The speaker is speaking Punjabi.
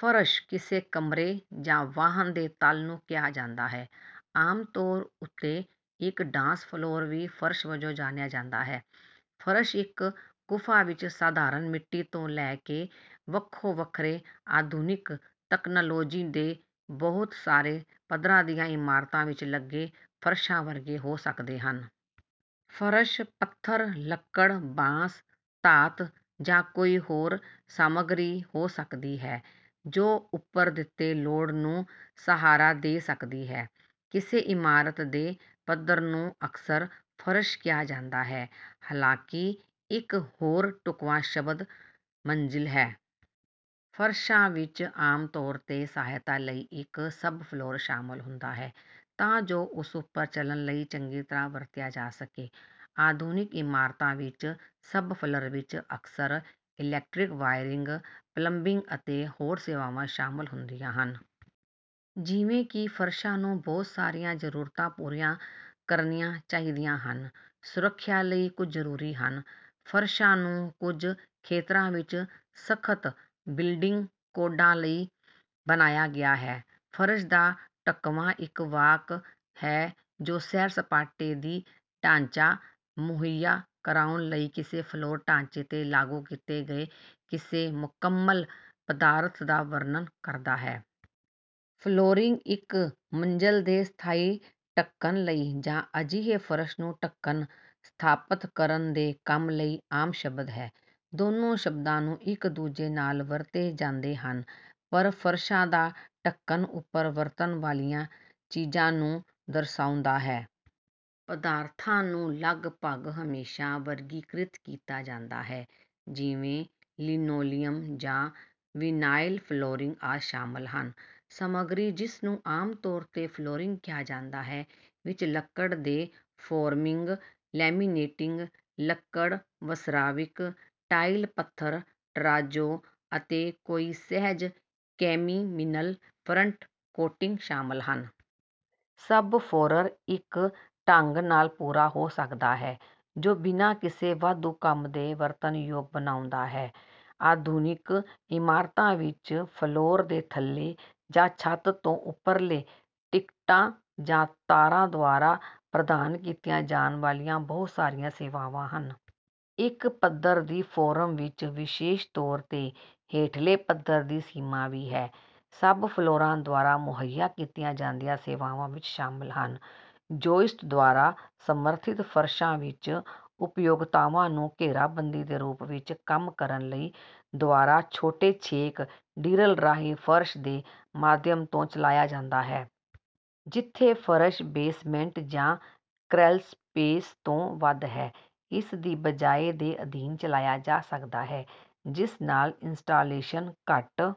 ਫ਼ਰਸ਼ ਕਿਸੇ ਕਮਰੇ ਜਾਂ ਵਾਹਨ ਦੇ ਤਲ ਨੂੰ ਕਿਹਾ ਜਾਂਦਾ ਹੈ। ਆਮ ਤੌਰ ਉੱਤੇ ਇੱਕ ਡਾਂਸ ਫਲੋਰ ਵੀ ਫ਼ਰਸ਼ ਵਜੋਂ ਜਾਣਿਆ ਜਾਂਦਾ ਹੈ। ਫ਼ਰਸ਼ ਇੱਕ ਗੁਫਾ ਵਿੱਚ ਸਾਧਾਰਨ ਮਿੱਟੀ ਤੋਂ ਲੈ ਕੇ ਵੱਖੋ ਵੱਖਰੇ ਆਧੁਨਿਕ ਤਕਨਾਲੋਜੀ ਦੇ ਬਹੁਤ ਸਾਰੇ ਪੱਧਰਾਂ ਦੀਆਂ ਇਮਾਰਤਾਂ ਵਿੱਚ ਲੱਗੇ ਫ਼ਰਸ਼ਾਂ ਵਰਗੇ ਹੋ ਸਕਦੇ ਹਨ। ਫ਼ਰਸ਼ ਪੱਥਰ ਲੱਕੜ ਬਾਂਸ ਧਾਤ ਜਾਂ ਕੋਈ ਹੋਰ ਸਾਮੱਗਰੀ ਹੋ ਸਕਦੀ ਹੈ ਜੋ ਉੱਪਰ ਦਿੱਤੇ ਲੋਡ ਨੂੰ ਸਹਾਰਾ ਦੇ ਸਕਦੀ ਹੈ। ਕਿਸੇ ਇਮਾਰਤ ਦੇ ਪੱਧਰ ਨੂੰ ਅਕਸਰ ਫ਼ਰਸ਼ ਕਿਹਾ ਜਾਂਦਾ ਹੈ ਹਾਲਾਂਕਿ ਇੱਕ ਹੋਰ ਢੁੱਕਵਾਂ ਸ਼ਬਦ ਮੰਜ਼ਿਲ ਹੈ। ਫ਼ਰਸ਼ਾਂ ਵਿੱਚ ਆਮ ਤੌਰ ਤੇ ਸਹਾਇਤਾ ਲਈ ਇੱਕ ਸਬਫਲੋਰ ਸ਼ਾਮਲ ਹੁੰਦਾ ਹੈ ਤਾਂ ਜੋ ਉਸ ਉੱਪਰ ਚਲਣ ਲਈ ਚੰਗੀ ਤਰਾਂ ਵਰਤਿਆ ਜਾ ਸਕੇ। ਆਧੁਨਿਕ ਇਮਾਰਤਾਂ ਵਿੱਚ ਸਬਫਲਰ ਵਿੱਚ ਅਕਸਰ ਇਲੈਕਟ੍ਰਿਕ ਵਾਇਰਿੰਗ ਪਲੰਬਿੰਗ ਅਤੇ ਹੋਰ ਸੇਵਾਵਾਂ ਸ਼ਾਮਲ ਹੁੰਦੀਆਂ ਹਨ। ਜਿਵੇਂ ਕਿ ਫ਼ਰਸ਼ਾਂ ਨੂੰ ਬਹੁਤ ਸਾਰੀਆਂ ਜ਼ਰੂਰਤਾਂ ਪੂਰੀਆਂ ਕਰਨੀਆਂ ਚਾਹੀਦੀਆਂ ਹਨ ਸੁਰੱਖਿਆ ਲਈ ਕੁਝ ਜਰੂਰੀ ਹਨ ਫ਼ਰਸ਼ਾਂ ਨੂੰ ਕੁਝ ਖੇਤਰਾਂ ਵਿੱਚ ਸਖ਼ਤ ਬਿਲਡਿੰਗ ਕੋਡਾਂ ਲਈ ਬਣਾਇਆ ਗਿਆ ਹੈ। ਫ਼ਰਸ਼ ਦਾ ਢੱਕਣਾ ਇੱਕ ਵਾਕ ਹੈ ਜੋ ਸੈਰ ਸਪਾਟੇ ਦੀ ਢਾਂਚਾ ਮੁਹੱਈਆ ਕਰਾਉਣ ਲਈ ਕਿਸੇ ਫਲੋਰ ਢਾਂਚੇ ਤੇ ਲਾਗੂ ਕੀਤੇ ਗਏ ਕਿਸੇ ਮੁਕੰਮਲ ਪਦਾਰਥ ਦਾ ਵਰਣਨ ਕਰਦਾ ਹੈ। ਫਲੋਰਿੰਗ ਇੱਕ ਮੰਜ਼ਲ ਦੇ ਸਥਾਈ ਢੱਕਣ ਲਈ ਜਾਂ ਅਜਿਹੇ ਫ਼ਰਸ਼ ਨੂੰ ਢੱਕਣ ਸਥਾਪਤ ਕਰਨ ਦੇ ਕੰਮ ਲਈ ਆਮ ਸ਼ਬਦ ਹੈ। ਦੋਨੋ ਸ਼ਬਦਾਂ ਨੂੰ ਇੱਕ ਦੂਜੇ ਨਾਲ ਵਰਤੇ ਜਾਂਦੇ ਹਨ ਪਰ ਫ਼ਰਸ਼ਾਂ ਦਾ ਢੱਕਣ ਉੱਪਰ ਵਰਤਣ ਵਾਲੀਆਂ ਚੀਜ਼ਾਂ ਨੂੰ ਦਰਸਾਉਂਦਾ ਹੈ। ਪਦਾਰਥਾਂ ਨੂੰ ਲਗਭਗ ਹਮੇਸ਼ਾ ਵਰਗੀਕ੍ਰਿਤ ਕੀਤਾ ਜਾਂਦਾ ਹੈ ਜਿਵੇਂ ਲਿਨੋਲੀਅਮ ਜਾਂ ਵਿਨਾਇਲ ਫਲੋਰਿੰਗ ਆਦਿ ਸ਼ਾਮਲ ਹਨ। ਸਾਮੱਗਰੀ ਜਿਸਨੂੰ ਆਮ ਤੌਰ ਤੇ ਫਲੋਰਿੰਗ ਕਿਹਾ ਜਾਂਦਾ ਹੈ ਵਿੱਚ ਲੱਕੜ ਦੇ ਫੋਰਮਿੰਗ ਲੈਮੀਨੇਟਿਡ ਲੱਕੜ ਵਸਰਾਵਿਕ ਟਾਇਲ ਪੱਥਰ ਟਰਾਜ਼ੋ ਅਤੇ ਕਈ ਸਹਿਜ ਕੈਮੀਮਿਨਲ ਫਰੰਟ ਕੋਟਿੰਗ ਸ਼ਾਮਲ ਹਨ। ਸਬਫੋਰਰ ਇੱਕ ਢੰਗ ਨਾਲ ਪੂਰਾ ਹੋ ਸਕਦਾ ਹੈ ਜੋ ਬਿਨਾਂ ਕਿਸੇ ਵਾਧੂ ਕੰਮ ਦੇ ਵਰਤਣ ਯੋਗ ਬਣਾਉਂਦਾ ਹੈ। ਆਧੁਨਿਕ ਇਮਾਰਤਾਂ ਵਿੱਚ ਫਲੋਰ ਦੇ ਥੱਲੇ ਜਾਂ ਛੱਤ ਤੋਂ ਉੱਪਰਲੇ ਡਿਕਟਾਂ ਜਾਂ ਤਾਰਾਂ ਦੁਆਰਾ ਪ੍ਰਦਾਨ ਕੀਤੀਆਂ ਜਾਣ ਵਾਲੀਆਂ ਬਹੁਤ ਸਾਰੀਆਂ ਸੇਵਾਵਾਂ ਹਨ। ਇੱਕ ਪੱਧਰ ਦੀ ਫੋਰਮ ਵਿੱਚ ਵਿਸ਼ੇਸ਼ ਤੌਰ ਤੇ ਹੇਠਲੇ ਪੱਧਰ ਦੀ ਸੀਮਾ ਵੀ ਹੈ। ਸਬ ਫਲੋਰਾਂ ਦੁਆਰਾ ਮੁਹੱਈਆ ਕੀਤੀਆਂ ਜਾਂਦੀਆਂ ਸੇਵਾਵਾਂ ਵਿੱਚ ਸ਼ਾਮਲ ਹਨ ਜੌਈਸਟ ਦੁਆਰਾ ਸਮਰਥਿਤ ਫ਼ਰਸ਼ਾਂ ਵਿੱਚ ਉਪਯੋਗਤਾਵਾਂ ਨੂੰ ਘੇਰਾਬੰਦੀ ਦੇ ਰੂਪ ਵਿੱਚ ਕੰਮ ਕਰਨ ਲਈ ਦੁਆਰਾ ਛੋਟੇ ਛੇਕ ਡਿਰਲ ਰਾਹੀਂ ਫ਼ਰਸ਼ ਦੇ ਮਾਧਿਅਮ ਤੋਂ ਚਲਾਇਆ ਜਾਂਦਾ ਹੈ। ਜਿੱਥੇ ਫ਼ਰਸ਼ ਬੇਸਮੈਂਟ ਜਾਂ ਕ੍ਰੈੱਲਸਪੇਸ ਤੋਂ ਵੱਧ ਹੈ ਇਸ ਦੀ ਬਜਾਏ ਦੇ ਅਧੀਨ ਚਲਾਇਆ ਜਾ ਸਕਦਾ ਹੈ ਜਿਸ ਨਾਲ ਇੰਸਟਾਲੇਸ਼ਨ ਘੱਟ